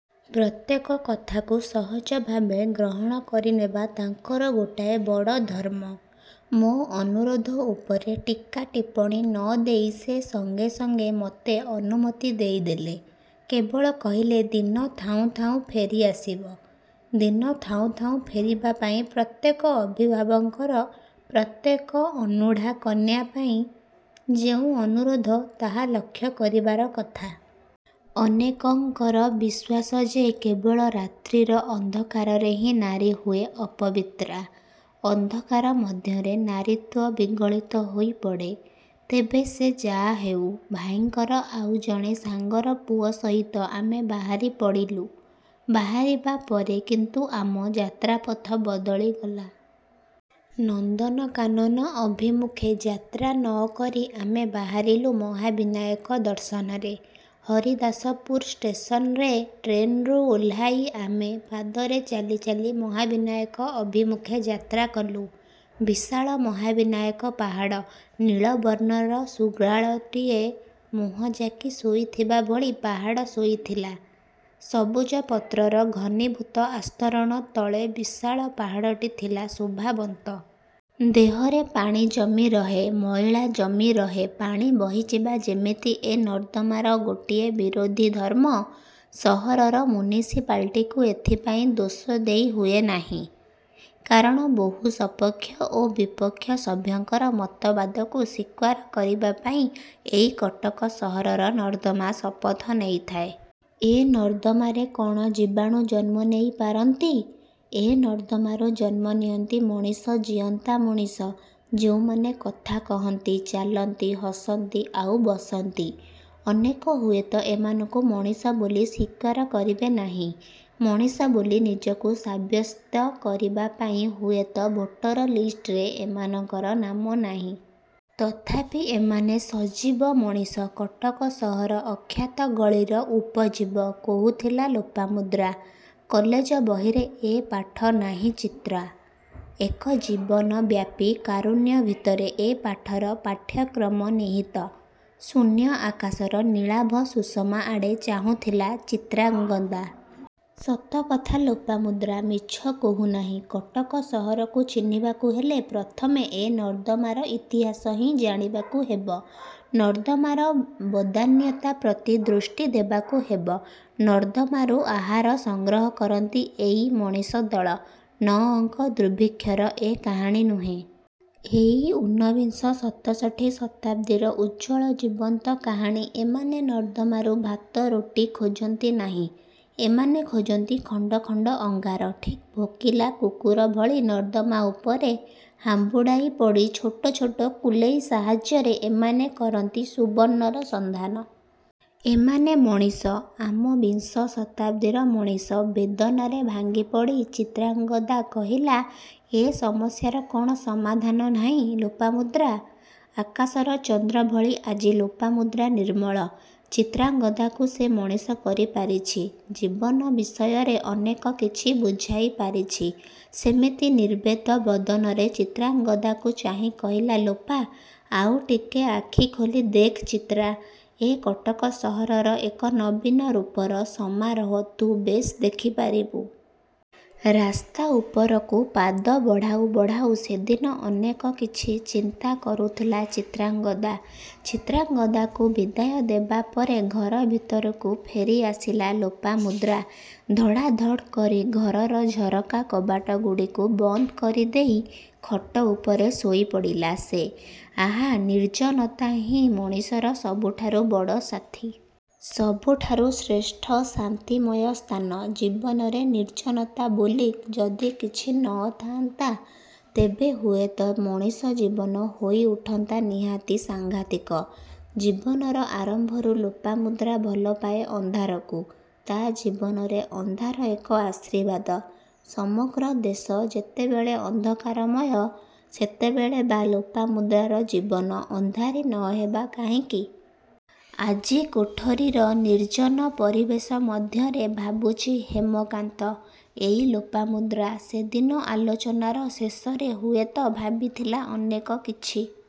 ପ୍ରତ୍ୟେକ କଥାକୁ ସହଜ ଭାବେ ଗ୍ରହଣ କରିନେବା ତାଙ୍କର ଗୋଟାଏ ବଡ଼ ଧର୍ମ। ମୋ ଅନୁରୋଧ ଉପରେ ଟୀକା ଟିପ୍ଟଣୀ ନ ଦେଇ ସେ ସଙ୍ଗେ ସଙ୍ଗେ ମୋତେ ଅନୁମତି ଦେଇଦେଲେ। କେବଳ କହିଲେ-ଦିନ ଥାଉଁ ଥାଉଁ ଫେରି ଆସିବ। ଦିନ ଥାଉଁ ଥାଉଁ ଫେରିବା ପାଇଁ ପ୍ରତ୍ୟେକ ଅଭିଭାବକଙ୍କର ପ୍ରତ୍ୟେକ ଅନୂଢା କନ୍ୟାପାଇଁ ଯେଉଁ ଅନୁରୋଧ ତାହା ଲକ୍ଷ୍ୟ କରିବାର କଥା। ଅନେକଙ୍କର ବିଶ୍ୱାସ ଯେ କେବଳ ରାତ୍ରିର ଅନ୍ଧକାରରେ ହିଁ ନାରୀ ହୁଏ ଅପବିତ୍ରା। ଅନ୍ଧକାର ମଧ୍ୟରେ ନାରୀତ୍ୱ ବିଗଳିତ ହୋଇ ପଡ଼େ। ତେବେ ସେ ଯାହାହେଉ, ଭାଇଙ୍କର ଆଉ ଜଣେ ସାଙ୍ଗର ପୁଅ ସହିତ ଆମେ ବାହାରି ପଡ଼ିଲୁ। ବାହାରିବା ପରେ କିନ୍ତୁ ଆମ ଯାତ୍ରାପଥ ବଦଳିଗଲା। ନନ୍ଦନକାନନ ଅଭିମୁଖେ ଯାତ୍ରା ନ କରି ଆମେ ବାହାରିଲୁ ମହାବିନାୟକ ଦର୍ଶନରେ। ହରିଦାସପୁର ଷ୍ଟେସନ୍ରେ ଟ୍ରେନ୍ରୁ ଓହ୍ଲାଇ ଆମେ ପାଦରେ ଚାଲି ଚାଲି ମହାବିନାୟକ ଅଭିମୁଖେ ଯାତ୍ରା କଲୁ। ବିଶାଳ ମହାବିନାୟକ ପାହାଡ଼। ନୀଳବର୍ଣ୍ଣର ଶୃଗାଳଟିଏ ମୁହଁ ଯାକି ଶୋଇଥିବା ଭଳି ପାହାଡ଼ ଶୋଇଥିଲା। ସବୁଜ ପତ୍ରର ଘନୀଭୂତ ଆସ୍ତରଣ ତଳେ ବିଶାଳ ପାହାଡ଼ଟି ଥିଲା ଶୋଭାବନ୍ତ। ଦେହରେ ପାଣି ଜମି ରହେ, ମଇଳା ଜମି ରହେ। ପାଣି ବହିଯିବା ଯେମିତି ଏ ନର୍ଦ୍ଦମାର ଗୋଟିଏ ବିରୋଧୀ ଧର୍ମ। ସହରର ମ୍ୟୁନିସ୍ପାଲିଟ୍କୁ ଏଥିପାଇଁ ଦୋଷ ଦେଇ ହୁଏନାହିଁ। କାରଣ-ବହୁ ସପକ୍ଷ ଓ ବିପକ୍ଷ ସଭ୍ୟଙ୍କର ମତବାଦକୁ ସ୍ୱୀକାର କରିବା ପାଇଁ, ଏଇ କଟକ ସହରର ନର୍ଦ୍ଦମା ଶପଥ ନେଇଥାଏ। ଏ ନର୍ଦ୍ଦମାରେ କ'ଣ ଜୀବାଣୁ ଜନ୍ମ ନେଇ ପାରନ୍ତି? ଏ ନର୍ଦ୍ଦମାରୁ ଜନ୍ମ ନିଅନ୍ତି ମଣିଷ, ଜୀଅନ୍ତା ମଣିଷ.. ଯେଉଁମାନେ କଥା କହନ୍ତି ଚାଲନ୍ତି.. ହସନ୍ତି ଆଉ ବସନ୍ତି। ଅନେକ ହୁଏତ ଏମାନଙ୍କୁ ମଣିଷ ବୋଲି ସ୍ୱୀକାର କରିବେ ନାହିଁ। ମଣିଷ ବୋଲି ନିଜକୁ ସାବ୍ୟସ୍ତ କରିବା ପାଇଁ ହୁଏତ ଭୋଟର ଲିଷ୍ଟରେ ଏମାନଙ୍କର ନାମ ନାହିଁ। ତଥାପି ଏମାନେ ସଜୀବ ମଣିଷ କଟକ ସହର ଅଖ୍ୟାତ ଗଳିର ଉପଜୀବ। କହୁଥିଲା ଲୋପାମୁଦ୍ରା। କଲେଜ ବହିରେ ଏ ପାଠ ନାହିଁ ଚିତ୍ରା! ଏକ ଜୀବନ ବ୍ୟାପୀ କାରୁଣ୍ୟ ଭିତରେ ଏ ପାଠର ପାଠ୍ୟକ୍ରମ ନିହିତ। ଶୂନ୍ୟ ଆକାଶର ନୀଳାଭ ସୁଷମା ଆଡ଼େ ଚାହୁଁଥିଲା ଚିତ୍ରାଙ୍ଗଦା। ''ସତକଥା, ଲୋପାମୁଦ୍ରା ମିଛ କହୁନାହିଁ, କଟକ ସହରକୁ ଚିହ୍ନିବାକୁ ହେଲେ ପ୍ରଥମେ ଏ ନର୍ଦ୍ଦମାର ଇତିହାସ ହିଁ ଜାଣିବାକୁ ହେବ। ନର୍ଦ୍ଦମାର ବଦାନ୍ୟତା ପ୍ରତି ଦୃଷ୍ଟି ଦେବାକୁ ହେବ। '' ନର୍ଦ୍ଦମାରୁ ଆହାର ସଂଗ୍ରହ କରନ୍ତି ଏଇ ମଣିଷ ଦଳ। ନଅଙ୍କ ଦୁର୍ଭିକ୍ଷର ଏ କାହାଣୀ ନୁହେଁ। ଏଇ ଊନବିଂଶ ଶତଷଠି ଶତାବ୍ଦୀର ଉଜ୍ଜ୍ୱଳ ଜୀବନ୍ତ କାହାଣୀ। ଏମାନେ ନର୍ଦ୍ଦମାରୁ ଭାତ ରୋଟି ଖୋଜନ୍ତି ନାହିଁ। ଏମାନେ ଖୋଜନ୍ତି ଖଣ୍ଡ ଖଣ୍ଡ ଅଙ୍ଗାର। ଠିକ୍ ଭୋକିଲା କୁକୁର ଭଳି ନର୍ଦ୍ଦମା ଉପରେ ହାମ୍ବୁଡ଼ାଇ ପଡ଼ି ଛୋଟ ଛୋଟ କୁଲେଇ ସାହାଯ୍ୟରେ ଏମାନେ କରନ୍ତି ସୁବର୍ଣ୍ଣର ସନ୍ଧାନ। ଏମାନେ ମଣିଷ, ଆମ ବିଂଶ ଶତାବ୍ଦୀର ମଣିଷ-। ବେଦନାରେ ଭାଙ୍ଗିପଡ଼ି ଚିତ୍ରାଙ୍ଗଦା କହିଲା-ଏ ସମସ୍ୟାର କ'ଣ ସମାଧାନ ନାହିଁ ଲୋପାମୁଦ୍ରା? ଆକାଶର ଚନ୍ଦ୍ର ଭଳି ଆଜି ଲୋପାମୁଦ୍ରା ନିର୍ମଳ। ଚିତ୍ରାଙ୍ଗଦାକୁ ସେ ମଣିଷ କରି ପାରିଛି-। ଜୀବନ ବିଷୟରେ ଅନେକ କିଛି ବୁଝାଇ ପାରିଛି। ସେମିତି ନିର୍ବେଦ ବଦନରେ ଚିତ୍ରାଙ୍ଗଦାକୁ ଚାହିଁ କହିଲା ଲୋପା ''ଆଉ ଟିକେ ଆଖି ଖୋଲି ଦେଖ୍ ଚିତ୍ରା, ଏ କଟକ ସହରର ଏକ ନବୀନ ରୂପର ସମାରୋହ ତୁ ବେଶ୍ଦେଖି ପାରିବୁ। '' ରାସ୍ତା ଉପରକୁ ପାଦ ବଢ଼ାଉ ବଢ଼ାଉ ସେଦିନ ଅନେକ କିଛି ଚିନ୍ତା କରୁଥିଲା ଚିତ୍ରାଙ୍ଗଦା-। ଚିତ୍ରାଙ୍ଗଦାକୁ ବିଦାୟ ଦେବା ପରେ ଘର ଭିତରକୁ ଫେରିଆସିଲା ଲୋପାମୁଦ୍ରା। ଧଡ଼୍ଧାଡ଼୍କରି ଘରର ଝରକା କବାଟଗୁଡ଼ିକ ବନ୍ଦ୍କରି ଦେଇ ଖଟ ଉପରେ ଶୋଇପଡ଼ିଲା ସେ। ଆଃ ନିର୍ଜନତା ହିଁ ମଣିଷର ସବୁଠାରୁ ବଡ଼ ସାଥୀ.. ସବୁଠାରୁ ଶ୍ରେଷ୍ଠ ଶାନ୍ତିମୟ ସ୍ଥାନ। ଜୀବନରେ ନିର୍ଜନତା ବୋଲି ଯଦି କିଛି ନ ଥାନ୍ତା ତେବେ ହୁଏତ ମଣିଷ ଜୀବନ ହୋଇଉଠନ୍ତା ନିହାତି ସାଂଘାତିକ। ଜୀବନର ଆରମ୍ଭରୁ ଲୋପାମୁଦ୍ରା ଭଲପାଏ ଅନ୍ଧାରକୁ। ତା' ଜୀବନରେ ଅନ୍ଧାର ଏକ ଆଶୀର୍ବାଦ। ସମଗ୍ର ଦେଶ ଯେତେବେଳେ ଅନ୍ଧକାରମୟ ସେତେବେଳେ ବା ଲୋପାମୁଦ୍ରାର ଜୀବନ ଅନ୍ଧାରୀ ନ ହେବା କାହିଁକି? ଆଜି କୋଠରୀର ନିର୍ଜନ ପରିବେଶ ମଧ୍ୟରେ ଭାବୁଛି ହେମକାନ୍ତ। ଏଇ ଲୋପାମୁଦ୍ରା। ସେଦିନ ଆଲୋଚନାର ଶେଷରେ ହୁଏତ ଭାବିଥିଲା ଅନେକ କିଛି।